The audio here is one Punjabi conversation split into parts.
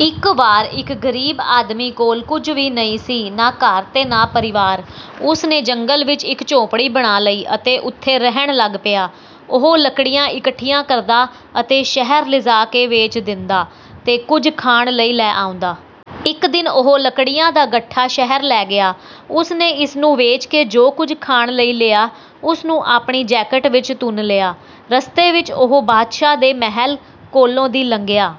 ਇੱਕ ਵਾਰ ਇੱਕ ਗ਼ਰੀਬ ਆਦਮੀ ਕੋਲ ਕੁਝ ਵੀ ਨਹੀਂ ਸੀ, ਨਾ ਘਰ ਤੇ ਨਾ ਪਰਿਵਾਰ। ਉਸ ਨੇ ਜੰਗਲ ਵਿੱਚ ਇੱਕ ਝੌਂਪੜੀ ਬਣਾ ਲਈ ਅਤੇ ਉੱਥੇ ਰਹਿਣ ਲੱਗ ਪਿਆ। ਉਹ ਲੱਕੜੀਆਂ ਇਕੱਠੀਆਂ ਕਰਦਾ ਅਤੇ ਸ਼ਹਿਰ ਲਿਜਾ ਕੇ ਵੇਚ ਦਿੰਦਾ ਤੇ ਕੁਝ ਖਾਣ ਲਈ ਲੈ ਆਉਂਦਾ। ਇੱਕ ਦਿਨ ਉਹ ਲੱਕੜੀਆਂ ਦਾ ਗੱਠਾ ਸ਼ਹਿਰ ਲੈ ਗਿਆ। ਉਸ ਨੇ ਇਸ ਨੂੰ ਵੇਚ ਕੇ ਜੋ ਕੁਝ ਖਾਣ ਲਈ ਲਿਆ, ਉਸ ਨੂੰ ਆਪਣੀ ਜੈਕਟ ਵਿੱਚ ਤੁੰਨ ਲਿਆ। ਰਸਤੇ ਵਿੱਚ ਉਹ ਬਾਦਸ਼ਾਹ ਦੇ ਮਹਿਲ ਕੋਲੋਂ ਦੀ ਲੰਘਿਆ।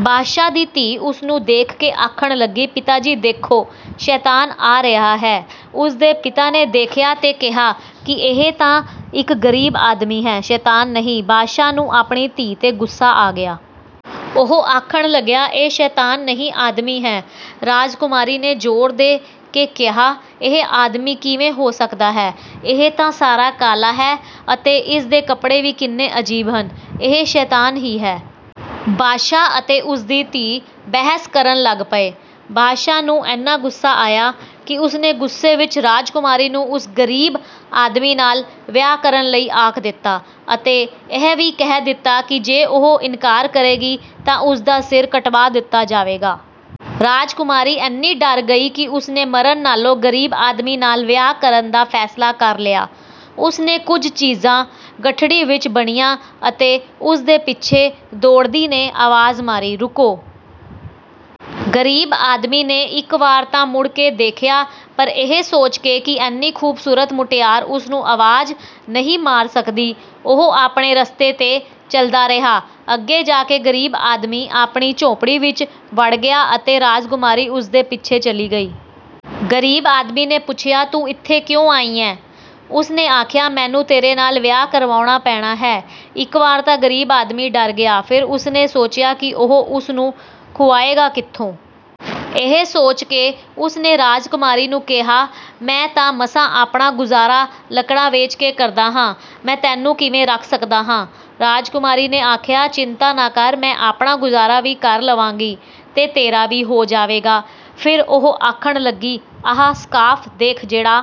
ਬਾਦਸ਼ਾਹ ਦੀ ਧੀ ਉਸ ਨੂੰ ਦੇਖ ਕੇ ਆਖਣ ਲੱਗੀ, "ਪਿਤਾ ਜੀ ਦੇਖੋ, ਸ਼ੈਤਾਨ ਆ ਰਿਹਾ ਹੈ।" ਉਸ ਦੇ ਪਿਤਾ ਨੇ ਦੇਖਿਆ ਤੇ ਕਿਹਾ ਕਿ ਇਹ ਤਾਂ ਇੱਕ ਗ਼ਰੀਬ ਆਦਮੀ ਹੈ, ਸ਼ੈਤਾਨ ਨਹੀਂ। ਬਾਦਸ਼ਾਹ ਨੂੰ ਆਪਣੀ ਧੀ 'ਤੇ ਗੁੱਸਾ ਆ ਗਿਆ। ਉਹ ਆਖਣ ਲੱਗਿਆ, "ਇਹ ਸ਼ੈਤਾਨ ਨਹੀਂ, ਆਦਮੀ ਹੈ।" ਰਾਜਕੁਮਾਰੀ ਨੇ ਜ਼ੋਰ ਦੇ ਕੇ ਕਿਹਾ, "ਇਹ ਆਦਮੀ ਕਿਵੇਂ ਹੋ ਸਕਦਾ ਹੈ। ਇਹ ਤਾਂ ਸਾਰਾ ਕਾਲਾ ਹੈ ਅਤੇ ਇਸ ਦੇ ਕੱਪੜੇ ਵੀ ਕਿੰਨੇ ਅਜੀਬ ਹਨ, ਇਹ ਸ਼ੈਤਾਨ ਹੀ ਹੈ।" ਬਾਦਸ਼ਾਹ ਅਤੇ ਉਸ ਦੀ ਧੀ ਬਹਿਸ ਕਰਨ ਲੱਗ ਪਏ। ਬਾਦਸ਼ਾਹ ਨੂੰ ਐਨਾ ਗੁੱਸਾ ਆਇਆ ਕਿ ਉਸ ਨੇ ਗੁੱਸੇ ਵਿੱਚ ਰਾਜਕੁਮਾਰੀ ਨੂੰ ਉਸ ਗ਼ਰੀਬ ਆਦਮੀ ਨਾਲ ਵਿਆਹ ਕਰਨ ਲਈ ਆਖ ਦਿੱਤਾ ਅਤੇ ਇਹ ਵੀ ਕਹਿ ਦਿੱਤਾ ਕਿ ਜੇ ਉਹ ਇਨਕਾਰ ਕਰੇਗੀ ਤਾਂ ਉਸ ਦਾ ਸਿਰ ਕਟਵਾ ਦਿੱਤਾ ਜਾਵੇਗਾ। ਰਾਜਕੁਮਾਰੀ ਐਨੀ ਡਰ ਗਈ ਕਿ ਉਸ ਨੇ ਮਰਨ ਨਾਲੋਂ ਗ਼ਰੀਬ ਆਦਮੀ ਨਾਲ ਵਿਆਹ ਕਰਨ ਦਾ ਫ਼ੈਸਲਾ ਕਰ ਲਿਆ। ਉਸ ਨੇ ਕੁਝ ਚੀਜ਼ਾਂ ਗੱਠੜੀ ਵਿੱਚ ਬੰਨ੍ਹੀਆਂ ਅਤੇ ਉਸ ਦੇ ਪਿੱਛੇ ਦੌੜਦੀ ਨੇ ਆਵਾਜ਼ ਮਾਰੀ, "ਰੁਕੋ।" ਗ਼ਰੀਬ ਆਦਮੀ ਨੇ ਇੱਕ ਵਾਰ ਤਾਂ ਮੁੜ ਕੇ ਦੇਖਿਆ ਪਰ ਇਹ ਸੋਚ ਕੇ ਕਿ ਐਨੀ ਖ਼ੂਬਸੂਰਤ ਮੁਟਿਆਰ ਉਸ ਨੂੰ ਆਵਾਜ਼ ਨਹੀਂ ਮਾਰ ਸਕਦੀ, ਉਹ ਆਪਣੇ ਰਸਤੇ 'ਤੇ ਚੱਲਦਾ ਰਿਹਾ। ਅੱਗੇ ਜਾ ਕੇ ਗ਼ਰੀਬ ਆਦਮੀ ਆਪਣੀ ਝੌਂਪੜੀ ਵਿੱਚ ਵੜ ਗਿਆ ਅਤੇ ਰਾਜਕੁਮਾਰੀ ਉਸ ਦੇ ਪਿੱਛੇ ਚਲੀ ਗਈ। ਗ਼ਰੀਬ ਆਦਮੀ ਨੇ ਪੁੱਛਿਆ, "ਤੂੰ ਇੱਥੇ ਕਿਉਂ ਆਈ ਐਂ?" ਉਸ ਨੇ ਆਖਿਆ, "ਮੈਨੂੰ ਤੇਰੇ ਨਾਲ ਵਿਆਹ ਕਰਾਉਣਾ ਪੈਣਾ ਹੈ।" ਇੱਕ ਵਾਰ ਤਾਂ ਗ਼ਰੀਬ ਆਦਮੀ ਡਰ ਗਿਆ। ਫਿਰ ਉਸ ਨੇ ਸੋਚਿਆ ਕਿ ਉਹ ਉਸ ਨੂੰ ਖੁਆਏਗਾ ਕਿੱਥੋਂ। ਇਹ ਸੋਚ ਕੇ ਉਸ ਨੇ ਰਾਜਕੁਮਾਰੀ ਨੂੰ ਕਿਹਾ, "ਮੈਂ ਤਾਂ ਮਸਾਂ ਆਪਣਾ ਗੁਜ਼ਾਰਾ ਲੱਕੜਾਂ ਵੇਚ ਕੇ ਕਰਦਾ ਹਾਂ, ਮੈਂ ਤੈਨੂੰ ਕਿਵੇਂ ਰੱਖ ਸਕਦਾ ਹਾਂ।" ਰਾਜਕੁਮਾਰੀ ਨੇ ਆਖਿਆ, "ਚਿੰਤਾ ਨਾ ਕਰ, ਮੈਂ ਆਪਣਾ ਗੁਜ਼ਾਰਾ ਵੀ ਕਰ ਲਵਾਂਗੀ ਤੇ ਤੇਰਾ ਵੀ ਹੋ ਜਾਵੇਗਾ।" ਫਿਰ ਉਹ ਆਖਣ ਲੱਗੀ, "ਆਹ ਸਕਾਰਫ਼ ਦੇਖ ਜਿਹੜਾ